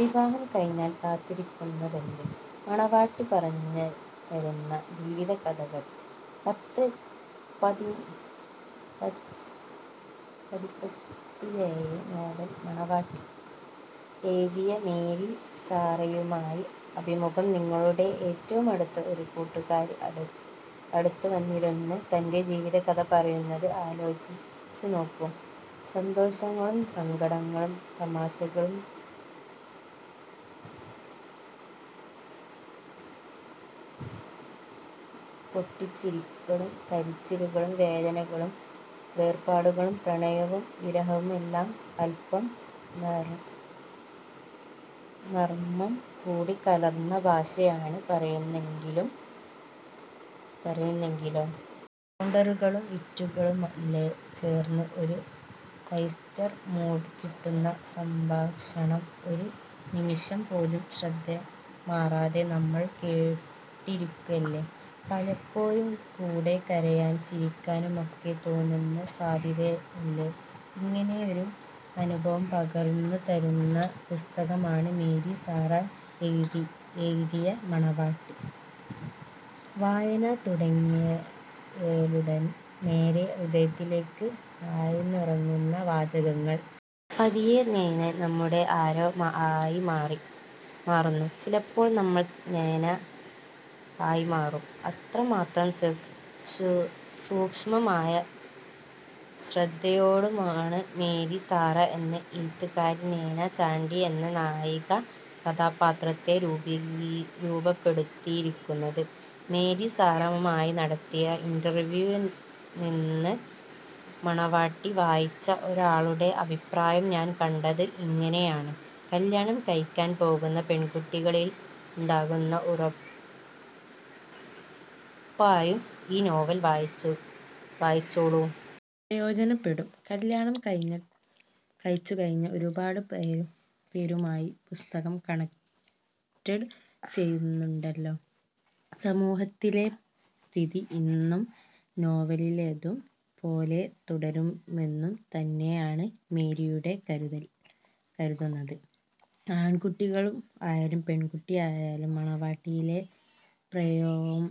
വിവാഹം കഴിഞ്ഞാൽ കാത്തിരിക്കുന്നതെന്ത്? മണവാട്ടി പറഞ്ഞുതരുന്ന ജീവിതകഥകൾ... പത്ത് പതിപ്പത്തിലെയും നോവൽ 'മണവാട്ടി' എഴുതിയ മേരി സാറയുമായി അഭിമുഖം നിങ്ങളുടെ ഏറ്റവുമടുത്ത ഒരു കൂട്ടുകാരി അടുത്തുവന്നിരുന്ന് തന്റെ ജീവിതകഥ പറയുന്നത് ആലോചിച്ചുനോക്കൂ. സന്തോഷങ്ങളും സങ്കടങ്ങളും തമാശകളും പൊട്ടിച്ചിരികളും കരിച്ചിലുകളും വേദനകളും വേർപാടുകളും പ്രണയവും വിരഹവുമെല്ലാം അൽപം നർമം കൂടി കലർന്ന ഭാഷയാണ് പറയുന്നതെങ്കിലോ. കൗണ്ടറുകളും വിറ്റുകളുമെല്ലെ ചേർന്ന് ഒരു ഹൈസ്റ്റർ മൂഡ് കിട്ടുന്ന സംഭാഷണം. ഒരു നിമിഷം പോലും ശ്രദ്ധമാറാതെ നമ്മൾ കേട്ടിരിക്കില്ലേ. പലപ്പോഴും കൂടെ കരയാനും ചിരിക്കാനുമൊക്കെ തോന്നുന്ന സാധ്യതില്ലേ. ഇങ്ങനെയൊരു അനുഭവം പകർന്നു തരുന്ന പുസ്തകമാണ് മേരി സാറ എഴുതിയ 'മണവാട്ടി'. വായന തുടങ്ങിയാലുടൻ നേരേ ഹൃദയത്തിലേക്ക് ആഴ്ന്നിറങ്ങുന്ന വാചകങ്ങൾ. പതിയെ നൈന നമ്മുടെ ആരോ ആയി മാറുന്നു, ചിലപ്പോൾ നമ്മൾ നൈന ആയി മാറും. അത്രമാത്രം സൂക്ഷ്മമായ ശ്രദ്ധയോടെയുമാണ് മേരി സാറ എന്ന എഴുത്തുകാരി നൈന ചാണ്ടി എന്ന നായിക കഥാപാത്രത്തെ രൂപപ്പെടുത്തിയിരിക്കുന്നത്. മേരി സാറയുമായി നടത്തിയ ഇന്റർവ്യുവിൽ നിന്ന്. ∙മണവാട്ടി വായിച്ച ഒരാളുടെ അഭിപ്രായം ഞാൻ കണ്ടത് ഇങ്ങനെയാണ്: ''കല്യാണം കഴിക്കാൻ പോകുന്ന പെൺകുട്ടികളിൽ ഉണ്ടാകുന്ന ഉറപ്പായും ഈ നോവൽ വായിച്ചോളൂ. പ്രയോജനപ്പെടും''. കല്യാണം കഴിച്ചു കഴിഞ്ഞ ഒരുപാടു പേരുമായി പുസ്തകം കണക്ട് ചെയ്യുന്നുണ്ടല്ലോ. സമൂഹത്തിലെ സ്ഥിതി ഇന്നും നോവലിലേതു പോലെ തുടരുവെന്നു തന്നെയാണ് മേരിയുടെ കരുതുന്നത്? ആൺകുട്ടി ആയാലും പെൺകുട്ടികൾ ആയാലും മണവാട്ടിയിലെ പ്രമേയം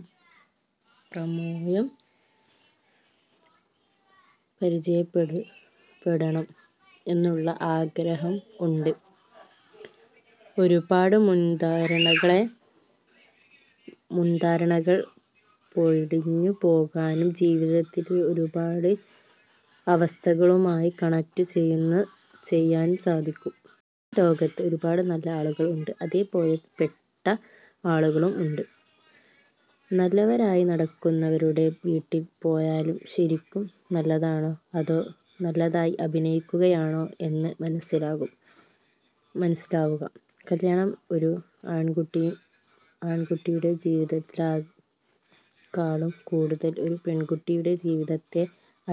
പരിചയപ്പെടണം എന്നൊരു ആഗ്രഹം ഉണ്ട്. ഒരുപാട് മുൻധാരണകൾ പൊളിഞ്ഞു പോകാനും ജീവിതത്തിലെ ഒരുപാട് അവസ്ഥകളുമായി കണക്ട് ചെയ്യാനും സാധിക്കും. ഈ ലോകത്ത് ഒരുപാട് നല്ല ആളുകൾ ഉണ്ട്. അതേപോലെ പെട്ട ആളുകളും ഉണ്ട്. നല്ലവരായി നടിക്കുന്നവരുടെ വീട്ടിൽ പോയാലും ശരിക്കും നല്ലതാണോ അതോ നല്ലതായി അഭിനയിക്കുകയാണോ എന്ന് മനസിലാവുക. കല്യാണം ഒരു ആൺകുട്ടിയുടെ ജീവിതത്തെക്കാളും കൂടുതൽ ഒരു പെൺകുട്ടിയുടെ ജീവിതത്തെ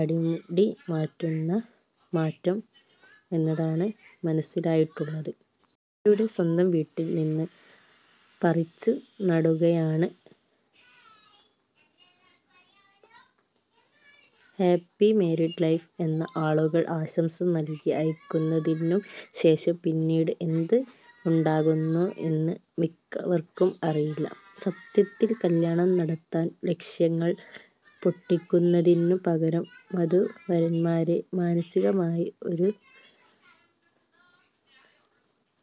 അടിമുടി മാറ്റും എന്നാണ് മനസിലായിട്ടുള്ളത്. അവരുടെ സ്വന്തം വീട്ടിൽ നിന്ന് പറിച്ചുനടുകയാണ്. ഹാപ്പി മാരീഡ് ലൈഫ് എന്ന് ആളുകൾ ആശംസകൾ നൽകി അയയ്ക്കുന്നതിനു ശേഷം പിന്നീട് എന്ത് ഉണ്ടാകുന്നു എന്ന് മിക്കവർക്കും അറിയില്ല. സത്യത്തിൽ കല്യാണം നടത്താൻ ലക്ഷങ്ങൾ പൊട്ടിക്കുന്നതിനു പകരം വധൂവരൻമാരെ മാനസികമായി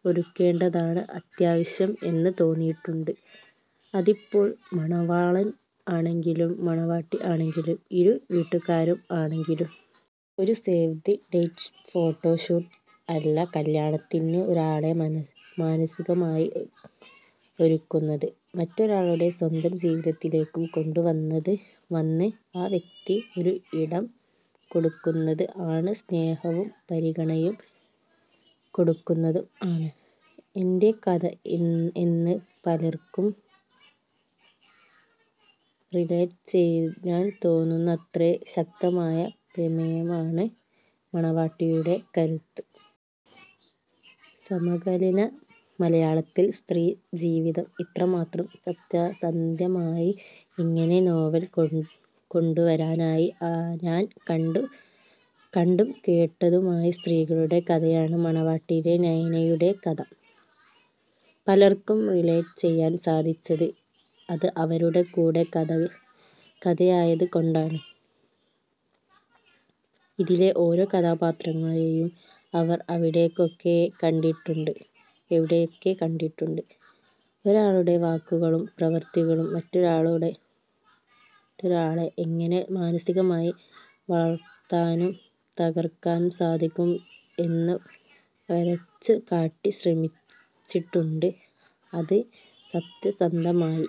ഒരുക്കേണ്ടതാണ് അത്യാവശ്യം എന്ന് തോന്നിയിട്ടുണ്ട്. അതിപ്പോൾ മണവാളൻ ആണെങ്കിലും മണവാട്ടി ആണെങ്കിലും ഇരു വീട്ടുകാർ ആണെങ്കിലും. ഒരു സേവ് ദ് ഡേറ്റ് ഫോട്ടോഷൂട്ട് അല്ല കല്യാണത്തിന് ഒരാളെ മാനസികമായി ഒരുക്കുന്നത്. മറ്റൊരാളുടെ സ്വന്തം ജീവിതത്തിലേക്കു കൊണ്ടുവന്ന് ആ വ്യക്തിക ഒരു ഇടം കൊടുക്കുന്നത് ആണ്, സ്നേഹവും പരിഗണനയും കൊടുക്കുന്നത് ആണ്. ∙എന്റെ കഥ എന്ന് പലർക്കും റിലേറ്റ് ചെയ്യാൻ തോന്നുന്നത്ര ശക്തമായ പ്രമേയമാണ് മണവാട്ടിയുടെ കരുത്ത്. സമകാലീന മലയാളത്തിൽ സ്ത്രീ ജീവിതം ഇത്രമാത്രം സത്യസന്ധമായി എങ്ങനെ നോവലിൽ കൊണ്ടുവരാനായി? ഞാൻ കണ്ടും കേട്ടതുമായ സ്ത്രീകളുടെ കഥകയാണ് മണവാട്ടിയിലെ നൈനയുടെ കഥ. പലർക്കും റിലേറ്റ് ചെയ്യാൻ സാധിച്ചത് അത് അവരുടെ കൂടി കഥയായത് കൊണ്ടാണ്. ഇതിലെ ഓരോ കഥാപാത്രങ്ങളെയും അവർ എവിടെയൊക്കെയോ കണ്ടിട്ടുണ്ട്. ഒരാളുടെ വാക്കുകളും പ്രവൃത്തികളും മറ്റൊരാളെ എങ്ങനെ മാനസികമായി വളർത്താനും തകർക്കാനും സാധിക്കും എന്നു വരച്ചുകാട്ടി ശ്രമിച്ചിട്ടുണ്ട്. അത് സത്യസന്ധമായി